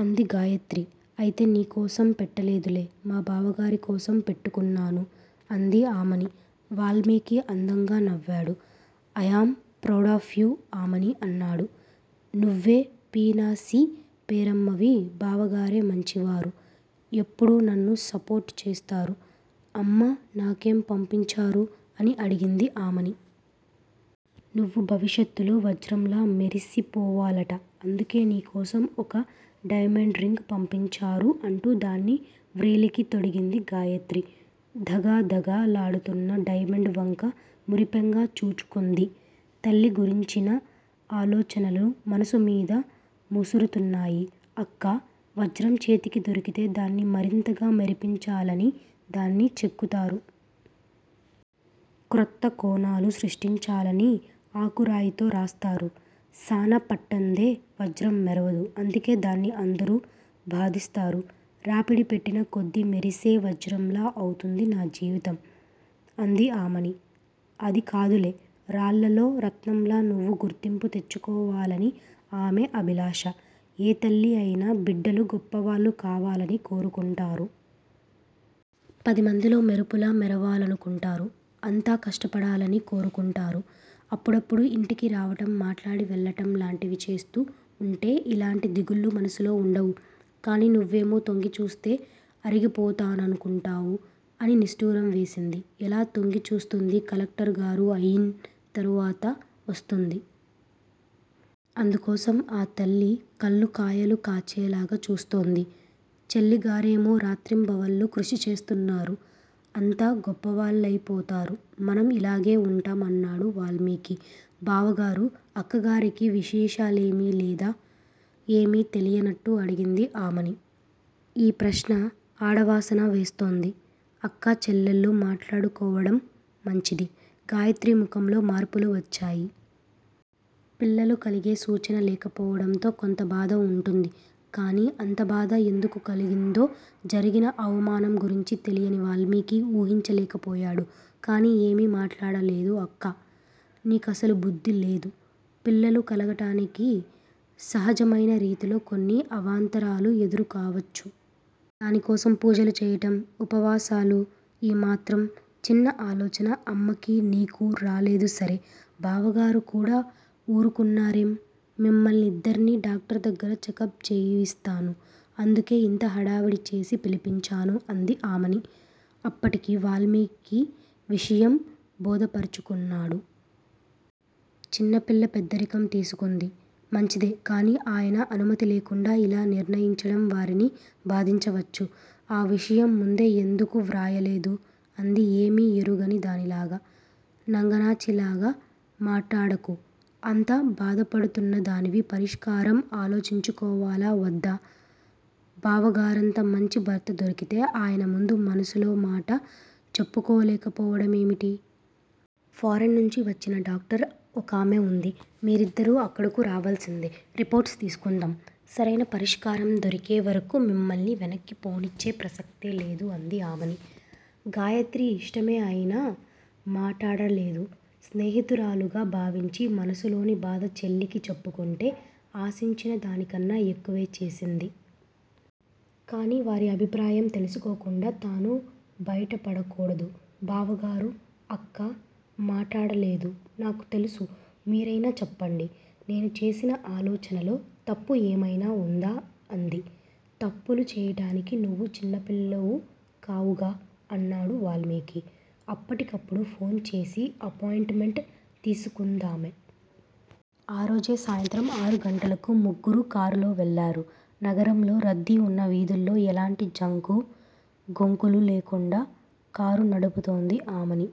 అంది గాయత్రి. అయితే నీకోసం పెట్టలేదులే! మా బావగారి కోసం పెట్టుకున్నాను. అంది ఆమని, వాల్మీకి అందంగా నవ్వాడు. I am proud of you Amani! అన్నాడు. నువ్వే పీనాసి పేరమ్మవి, బావగారే మంచివారు! ఎప్పుడూ నన్ను సపోర్టు చేస్తారు. అమ్మ నాకేం పంపించారు? అని అడిగింది ఆమని. నువ్వు భవిష్యత్తులో వజ్రంలా మెరిసిపోవాలట! అందుకే నీకోసం ఒక డైమండ్ రింగ్ పంపించారు అంటూ దాన్ని వ్రేలికి తొడిగింది గాయత్రి! ధగ ధగ లాడుతున్న డైమండ్ వంక మురిపెంగా చూచుకుంది, తల్లి గురించిన ఆలోచనలు మనసు మీద ముసురుతున్నాయి. అక్కా! వజ్రం చేతికి దొరికితే దాన్ని మరింతగా మెరిపించాలని దాన్ని చెక్కుతారు. క్రొత్త కోణాలు సృష్టించాలని ఆకురాయితో రాస్తారు. సాన పట్టందే వజ్రం మెరవదు. అందుకే దాన్ని అందరూ బాధిస్తారు. రాపిడి పెట్టిన కొద్దీ మెరిసే వజ్రంలా అవుతుందా నా జీవితం? అంది ఆమని. అది కాదులే! రాళ్ళలో రత్నంలా నువ్వు గుర్తింపు తెచ్చుకోవాలని ఆమె అభిలాష, ఏ తల్లి అయినా బిడ్డలు గొప్పవాళ్ళు కావాలని కోరుకుంటారు. పది మందిలో మెరుపులా మెరవాలను కుంటారు. అంతా కష్టపడాలని కోరుకుంటారా? అప్పుడప్పుడు ఇంటికి రావటం మాట్లాడి వెళ్ళటం లాంటివి చేస్తూ ఉంటే ఇలాంటి దిగుళ్ళు మనసులో ఉండవు. కాని నువ్వేమో తొంగిచూస్తే అరిగిపోతానను కుంటావు అని నిష్టూరం వేసింది. ఎలా తొంగి చూస్తుంది కలెక్టర్ గారు అయిం తరువాత వస్తుంది. అందుకోసం ఆ తల్లి కళ్ళుకాయలు కాచేలాగ చూస్తోంది. చెల్లిగారేమో రాత్రింబవళ్ళు కృషిచేస్తున్నారు. అంతా గొప్పవాళ్ళయిపోతారు. మనం ఇలాగే వుంటాం అన్నాడు వాల్మీకి. బావగారూ! అక్కగారికి విశేషాలేమీ లేదా? ఏమీ తెలియనట్టు అడిగింది ఆమని! ఈ ప్రశ్న ఆడవాసన వేస్తోంది! అక్కా చెల్లెళ్ళు మాట్లాడుకోవడం మంచిది. గాయత్రి ముఖంలో మార్పులు వచ్చాయి. పిల్లలు కలిగే సూచన లేకపోవడంతో కొంత బాధ వుంటుంది. కాని అంత బాధ ఎందుకు కలిగిందో జరిగిన అవమానం గురించి తెలియని వాల్మీకి ఊహించలేకపోయాడు. కానీ ఏమీ మాట్లాడలేదు. అక్కా! నీ కసలు బుద్ధి లేదు. పిల్లలు కలగటానికి సహజమయిన రీతిలో కొన్ని అవాంతరాలు ఎదురుకావచ్చు! దాని కోసం పూజలు చేయడం, ఉపవాసాలు! ఈ మాత్రం చిన్న ఆలోచన అమ్మకి, నీకు రాలేదు సరే బావగారు కూడా ఊరుకున్నారేం? మిమ్మల్ని ఇద్దర్నీ డాక్టర్ దగ్గర చెకప్ చేయిస్తాను. అందుకే ఇంత హడావిడి చేసి పిలిపించాను అంది ఆమని! అప్పటికి వాల్మీకి విషయం బోధపరచుకున్నాడు. చిన్నపిల్ల పెద్దరికం తీసుకుంది. మంచిదే, కాని ఆయన అనుమతి లేకుండా ఇలా నిర్ణయించడం వారిని బాధించవచ్చు! ఆ విషయం ముందే ఎందుకు వ్రాయలేదు? అంది ఏమీ ఎరుగని దానిలాగ! నంగనాచిలా మాటాడకు! అంత బాధపడుతున్నదానివి పరిష్కారం ఆలోచించుకోవాలా వద్దా? బావగారంత మంచి భర్త దొరికితే ఆయన ముందు మనసులో మాట చెప్పుకోలేకపోవడం ఏమిటి? ఫారిన్ నుంచి వచ్చిన డాక్టర్ ఒకామె వుంది! మీరిద్దరూ అక్కడకు రావలసిందే! రిపోర్ట్సు తీసుకుందాం! సరయిన పరిష్కారం దొరికే వరకూ మిమ్మల్ని వెనక్కి పోనిచ్చే ప్రసక్తి లేదు అంది ఆమని. గాయత్రి ఇష్టమే అయినా మాటాడలేదు. స్నేహితురాలుగా భావించి మనసులోని బాధ చెల్లికి చెప్పుకుంటే ఆశించిన దానికన్నా ఎక్కువే చేసింది. కాని వారి అభిప్రాయం తెలుసుకోకుండా తాను బయటపడ కూడదు. బావగారూ! అక్క మాటాడలేదు నాకు తెలుసు. మీరయినా చెప్పండి. నేను చేసిన ఆలోచనలో తప్పు ఏమయినా వుందా? అంది. తప్పులు చేయటానికి నువ్వు చిన్నపిల్లవు కావుగా! అన్నాడు వాల్మీకి. అప్పటికప్పుడు ఫోన్ చేసి అపాయింట్ మెంట్ తీసుకుందామె. ఆ రోజే సాయంత్రం ఆరు గంటలకు ముగ్గురూ కారులో వెళ్లారు. నగరంలో రద్దీగా వున్న వీధుల్లో ఎలాంటి జంకు గొంకులు లేకుండా కారు నడుపుతోంది ఆమని.